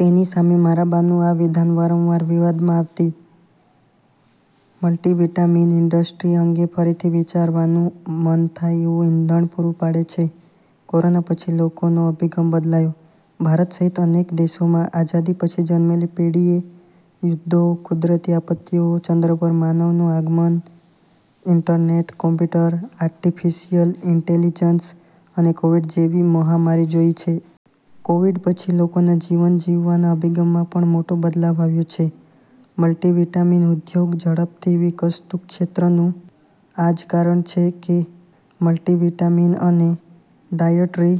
તેની સામે મારા બાનું આ વિધાન વારંવાર વિવાદમાં આવતી. મલ્ટિવિટામીન ઇન્ડસ્ટ્રી અંગે ફરીથી વિચારવાનું મન થાય એવું ઇંધણ પૂરું પાડે છે. કોરોના પછી લોકોનો અભિગમ બદલાયો. ભારત સહિત અનેક દેશોમાં આઝાદી પછી જન્મેલી પેઢીએ યુદ્ધો, કુદરતી આપત્તિઓ, ચંદ્ર પર માનવનું આગમન, ઇન્ટરનેટ, કોમ્પ્યુટર, આર્ટિફિશિયલ ઇન્ટેલિજન્સ અને કોવિડ જેવી મહામારી જોઇ છે. કોવિડ પછી લોકોના જીવન જીવવાના અભિગમમાં પણ મોટો બદલાવ આવ્યો છે. મલ્ટિવિટામીન ઉદ્યોગ ઝડપથી વિકસતું ક્ષેત્રનું આ જ કારણ છે કે મલ્ટિવિટામીન અને ડાયટરી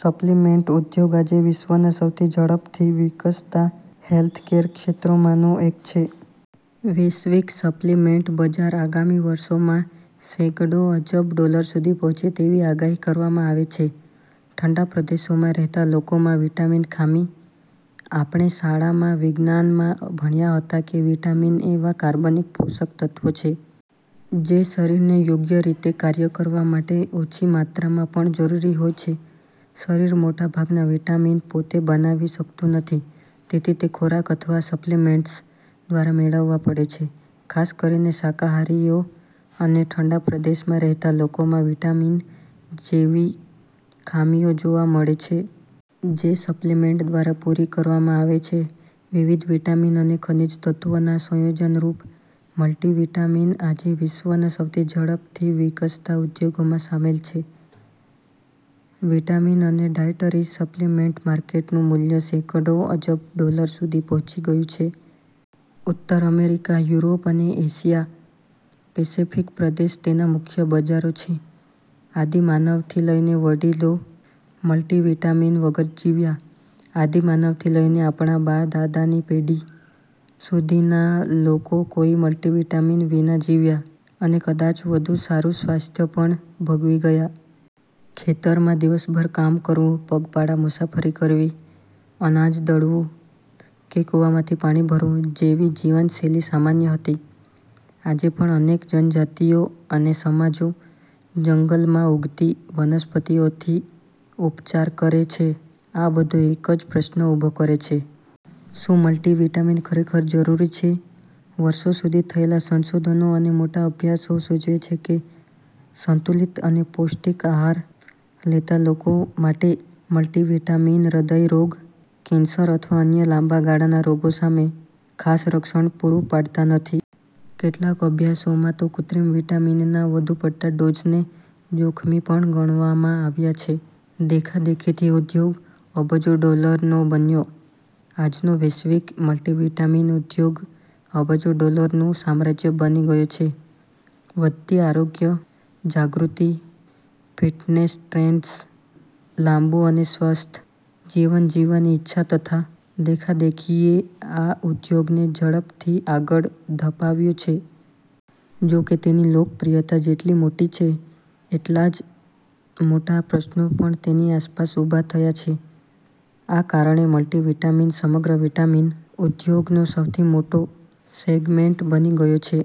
સપ્લિમેન્ટ ઉદ્યોગ આજે વિશ્વના સૌથી ઝડપથી વિકસતા હેલ્થકેર ક્ષેત્રોમાંનો એક છે. વૈશ્વિક સપ્લિમેન્ટ બજાર આગામી વર્ષોમાં સેંકડો અબજ ડોલર સુધી પહોંચે તેવી આગાહી કરવામાં આવે છે. ઠંડા પ્રદેશોમાં રહેતા લોકોમાં વિટામીન ખામી. આપણે શાળામાં વિજ્ઞાનમાં ભણ્યા હતા કે વિટામિન એવા કાર્બનિક પોષક તત્વો છે. જે શરીરને યોગ્ય રીતે કાર્ય કરવા માટે ઓછી માત્રામાં પણ જરૂરી હોય છે. શરીર મોટાભાગના વિટામિન પોતે બનાવી શકતું નથી, તેથી તે ખોરાક અથવા સપ્લિમેન્ટ્સ દ્વારા મેળવવા પડે છે. ખાસ કરીને શાકાહારીઓ અને ઠંડા પ્રદેશોમાં રહેતા લોકોમાં વિટામિન જેવી ખામીઓ જોવા મળે છે. જે સપ્લિમેન્ટ દ્વારા પૂરી કરવામાં આવે છે. વિવિધ વિટામિન અને ખનિજ તત્વોના સંયોજનરૂપ મલ્ટિવિટામીન આજે વિશ્વના સૌથી ઝડપથી વિકસતા ઉદ્યોગોમાં સામેલ છે. વિટામિન અને ડાયટરી સપ્લિમેન્ટ માર્કેટનું મૂલ્ય સેંકડો અબજ ડોલર સુધી પહોંચી ગયું છે. ઉત્તર અમેરિકા, યુરોપ અને એશિયા-પેસિફિક પ્રદેશ તેના મુખ્ય બજારો છે. આદિમાનવથી લઇને વડીલો મલ્ટિવિટામીન વગર જીવ્યા, આદિમાનવથી લઈને આપણા બા-દાદાની પેઢી સુધીના લોકો કોઈ મલ્ટિવિટામીન વિના જીવ્યા, અને કદાચ વધુ સારું સ્વાસ્થ્ય પણ ભોગવી ગયા. ખેતરમાં દિવસભર કામ કરવું, પગપાળા મુસાફરી કરવી, અનાજ દળવું કે કૂવામાંથી પાણી ભરવું જેવી જીવનશૈલી સામાન્ય હતી. આજે પણ અનેક જનજાતિઓ અને સમાજો જંગલમાં ઉગતી વનસ્પતિઓથી ઉપચાર કરે છે. આ બધું એક જ પ્રશ્ન ઊભો કરે છે. શું મલ્ટિવિટામીન ખરેખર જરૂરી છે? વર્ષો સુધી થયેલા સંશોધનો અને મોટા અભ્યાસો સૂચવે છે કે, સંતુલિત અને પૌષ્ટિક આહાર લેતા લોકો માટે મલ્ટિવિટામીન હૃદયરોગ, કેન્સર અથવા અન્ય લાંબા ગાળાના રોગો સામે ખાસ રક્ષણ પૂરું પાડતા નથી. કેટલાક અભ્યાસોમાં તો કૃત્રિમ વિટામિનના વધુ પડતા ડોઝને જોખમી પણ ગણાવવામાં આવ્યા છે. દેખાદેખીથી ઉદ્યોગ અબજો ડોલરનો બન્યો. આજનો વૈશ્વિક મલ્ટિવિટામીન ઉદ્યોગ અબજો ડોલરનું સામ્રાજ્ય બની ગયો છે. વધતી આરોગ્ય જાગૃતિ, ફિટનેસ ટ્રેન્ડ્સ, લાંબું અને સ્વસ્થ જીવન જીવવાની ઇચ્છા તથા દેખાદેખીએ આ ઉદ્યોગને ઝડપથી આગળ ધપાવ્યો છે. જોકે, તેની લોકપ્રિયતા જેટલી મોટી છે એટલા જ મોટા પ્રશ્નો પણ તેની આસપાસ ઉભા થયા છે. આ કારણે મલ્ટિવિટામીન સમગ્ર વિટામિન ઉદ્યોગનો સૌથી મોટો સેગમેન્ટ બની ગયો છે.